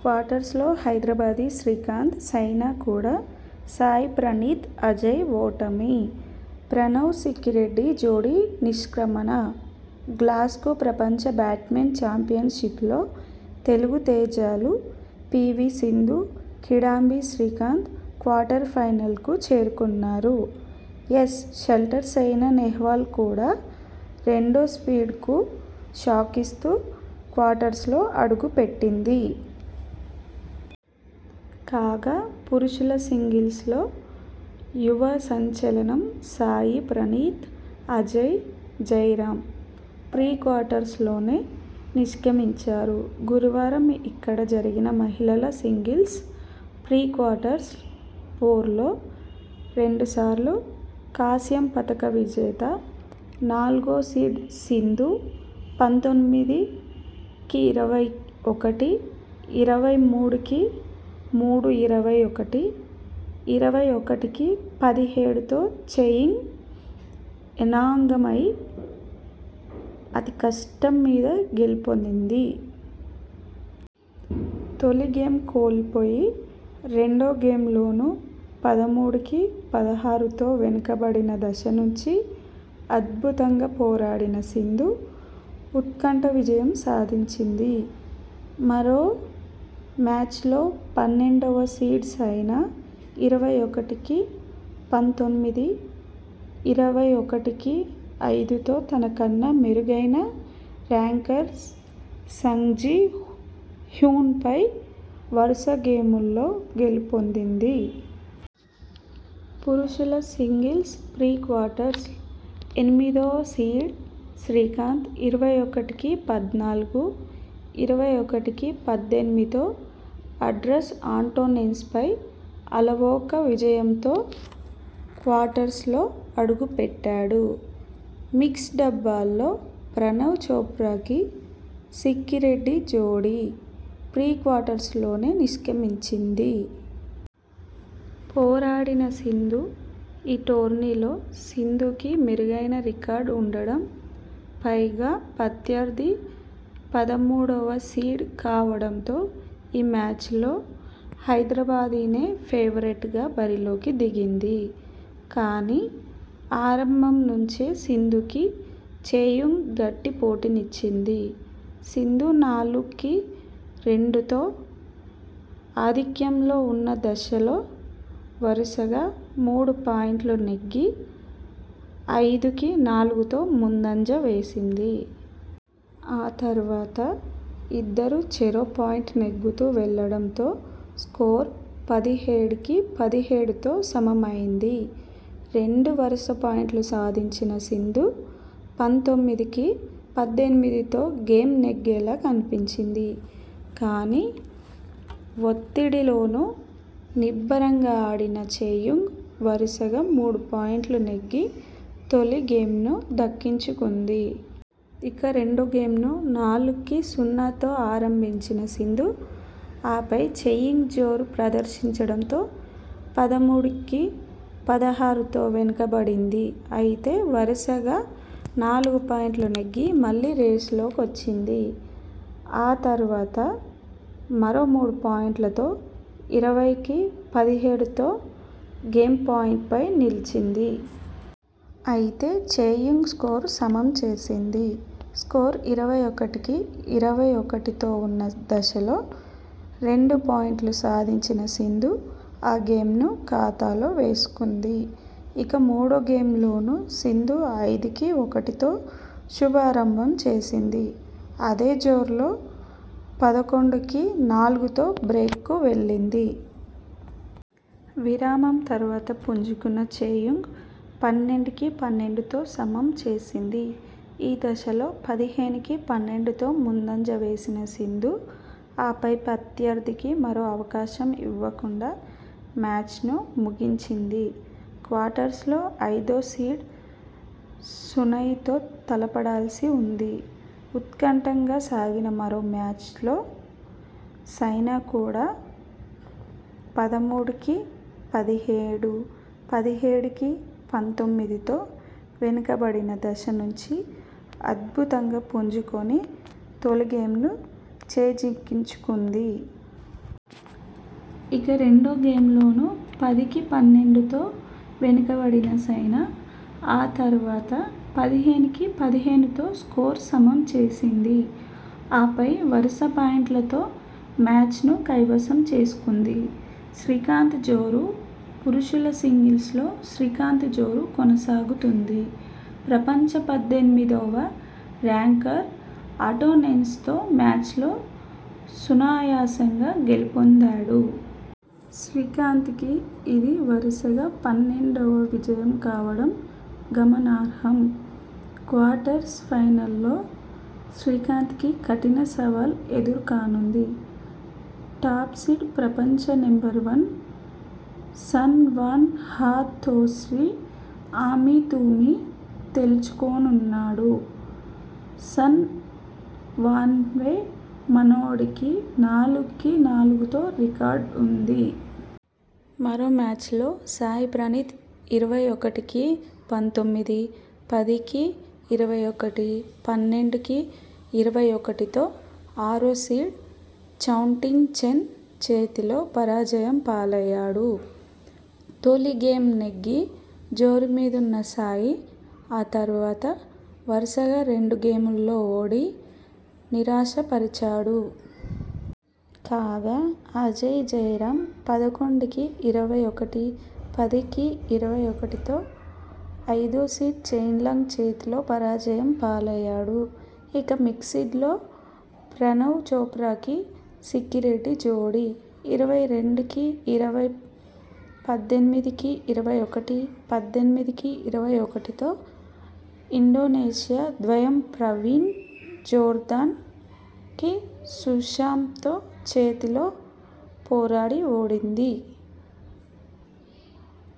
క్వార్టర్స్లో హైదరాబాదీ శ్రీకాంత్, సైనా కూడా సాయి ప్రణీత్, అజయ్ ఓటమి ప్రణవ్ సిక్కిరెడ్డి జోడీ నిష్క్రమణ గ్లాస్గో ప్రపంచ బ్యాడ్మింటన్ చాంపియన్షిప్ లో తెలుగు తేజాలు PV Sindhu, Kidambi Srikanth quarter final కు చేరుకున్నారు. ఏస్ షట్లర్ సైనా నెహ్వాల్ కూడా రెండో సీడ్ కు షాకిస్తూ క్వార్టర్స్లో అడుగు పెట్టింది. కాగా.. పురుషుల సింగిల్స్లో యువ సంచలనం సాయి ప్రణీత్, అజయ్ జయరామ్ ప్రీ క్వార్టర్స్ లోనే నే నిష్క్రమించారు. గురువారం ఇక్కడ జరిగిన మహిళల సింగిల్స్ ప్రీ క్వార్టర్స్ పోరులో రెండుసార్లు కాంస్య పతక విజేత, నాలుగో సీడ్ సింధు పంతొమ్మిది కి ఇరవై ఒకటి, ఇరవై మూడు కి మూడు ఇరవై ఒకటి, ఇరవై ఒకటి కి పదిహేడుతో చెయుంగ్ అనంగమై అతి కష్టం మీద గెలుపొందింది. తొలి గేమ్ కోల్పోయి రెండో గేమ్లో నూ పదమూడు కి పదహారుతో వెనకబడిన దశ నుంచి అద్భుతంగా పోరాడిన సింధు ఉత్కంఠ విజయం సాధించింది. మరో మ్యాచ్లో పన్నెండువ సీడ్ సైనా ఇరవై ఒకటి కి పంతొమ్మిది, ఇరవై ఒకటి కి ఐదుతో తనకన్నా మెరుగైౖన ర్యాంకర్ సంగ్ జి హ్యున్ పై వరుస గేముల్లో గెలుపొందింది. పురుషుల సింగిల్స్ ప్రీ క్వార్టస్స్ ఎనిమిదో సీడ్ శ్రీకాంత్ ఇరవై ఒకటి కి పద్నాలుగు, ఇరవై ఒకటి కి పద్దెనిమిదో ఆండ్రెస్ ఆంటోన్సెన్ పై అలవోక విజయంతో క్వార్టర్స్లో అడుగుపెట్టాడు. మిక్స్ డబ్బాల్లో ప్రణవ్ చోప్రా కి సిక్కిరెడ్డి జోడీ ప్రీ క్వార్టర్స్ లోనే నిష్క్రమించింది. పోరాడిన సింధు.. ఈ టోర్నీలో సింధుకి మెరుగైన రికార్డు ఉండడం, పైగా ప్రత్యర్థి పదమూడువ సీడ్ కావడంతో ఈ మ్యాచ్లో హైదరాబాదీనే ఫేవరెట్గా బరిలోకి దిగింది. కానీ.. ఆరంభం నుంచే సింధుకి చెయుంగ్ గట్టి పోటీనిచ్చింది. సింధు నాలుగు కి రెండుతో ఆధిక్యంలో ఉన్న దశలో వరుసగా మూడు పాయింట్లు నెగ్గి ఐదు కి నాలుగుతో ముందంజ వేసింది. ఆ తర్వాత ఇద్దరూ చెరో పాయింట్ నెగ్గుతూ వెళ్లడం తో స్కోరు పదిహేడు కి పదిహేడుతో సమమైంది. రెండు వరుస పాయింట్లు సాధించిన సింధు పంతొమ్మిది కి పద్దెనిమిదితో గేమ్ నెగ్గేలా కనిపించింది. కానీ.. ఒత్తిడిలోనూ నిబ్బరంగా ఆడిన చెయుంగ్ వరుసగా మూడు పాయింట్లు నెగ్గి తొలి గేమ్ను దక్కించుకుంది. ఇక రెండోగేమ్ను నాలుగు కి సున్నాతో ఆరంభించిన సింధు.. ఆపై చెయుంగ్ జోరు ప్రదర్శించడంతో పదమూడు కి పదహారుతో వెనకబడింది. అయితే వరుసగా నాలుగు పాయింట్లు నెగ్గి మళ్లీ రేసులోకొచ్చింది. ఆ తర్వాత మరో మూడు పాయింట్లతో ఇరవై కి పదిహేడుతో గేమ్ పాయింట్ పై నిలిచింది. అయితే చెయుంగ్ స్కోరు సమం చేసింది. స్కోరు ఇరవై ఒకటి కి ఇరవై ఒకటితో ఉన్న దశలో రెండు పాయింట్లు సాధించిన సింధు ఆ గేమ్ను ఖాతాలో వేసుకుంది. ఇక మూడో గేమ్లోనూ సింధు ఐదు కి ఒకటితో శుభారంభం చేసింది. అదే జోరులో పదకొండు కి నాలుగుతో బ్రేక్ కు వెళ్లింది. విరామం తర్వాత పుంజుకున్న చెయుంగ్ పన్నెండు కి పన్నెండుతో సమం చేసింది. ఈ దశలో పదిహేను కి పన్నెండుతో ముందంజ వేసిన సింధు ఆపై ప్రత్యర్థికి మరో అవకాశం ఇవ్వకుండా మ్యాచ్ను ముగించింది. క్వార్టర్స్లో ఐదోసీడ్ సున్ యు తో తలపడాల్సి ఉంది. ఉత్కంఠగా సాగిన మరో మ్యాచ్లో సైనా కూడా పదమూడు- కి పదిహేడు, పదిహేడు కి పంతొమ్మిదితో వెనకబడిన దశ నుంచి అద్భుతంగా పుంజుకొని తొలిగేమ్ ను చేజిక్కించుకుంది. ఇక రెండో గేమ్లోనూ పది కి పన్నెండుతో వెనకబడిన సైనా ఆ తర్వాత పదిహేను కి పదిహేనుతో స్కోరు సమం చేసింది. ఆపై వరుస పాయింట్లతో మ్యాచ్ ను కైవసం చేసుకుంది. శ్రీకాంత్ జోరు.. పురుషుల సింగిల్స్లో శ్రీకాంత్ జోరు కొనసాగుతోంది. ప్రపంచ పద్దెనిమిదివ ర్యాంకర్ ఆంటోన్సెన్తో మ్యాచ్లో సునాయాసం గా గెలుపొందాడు. శ్రీకాంత్ కి ఇది వరుసగా పన్నెండువ విజయం కావడం గమనార్హం. క్వార్టర్ ఫైనల్లో శ్రీకాంత్ కి కఠిన సవాల్ ఎదురుకానుంది. టాప్సీడ్, ప్రపంచ నెంబర్వన్ సన్ వాన్ హో తో శ్రీ.. అమీతుమీ తేల్చుకోనున్నాడు. సన్ వాన్పై మనోడికి నాలుగు కి నాలుగుతో రికార్డు ఉంది. మరో మ్యాచ్లో సాయి ప్రణీత్ ఇరవై ఒకటి కి పంతొమ్మిది, పది కి ఇరవై ఒకటి, పన్నెండు కి ఇరవై ఒకటితో ఆరోసీడ్ చౌ టిన్ చెన్ చేతిలో పరాజయం పాలయ్యాడు. తొలి గేమ్ నెగ్గి జోరుమీదున్న సాయి ఆ తర్వాత వరుసగా రెండు గేముల్లో ఓడి నిరాశపరి చాడు. కాగా.. అజయ్ జయరాం పదకొండు కి ఇరవై ఒకటి, పది కి ఇరవై ఒకటితో ఐదోసీడ్ చెన్ లాంగ్ చేతిలో పరాజయం పాలయ్యాడు. ఇక మిక్సిడ్ లో ప్రణవ్ చోప్రా కి సిక్కి రెడ్డి జోడీ ఇరవై రెండు కి ఇరవై, పద్దెనిమిది కి ఇరవై ఒకటి, పద్దెనిమిది కి ఇరవై ఒకటితో ఇండోనేసియా ద్వయం ప్రవీణ్ జోర్డాన్ కి సుశాంతో చేతిలో పోరాడి ఓడింది.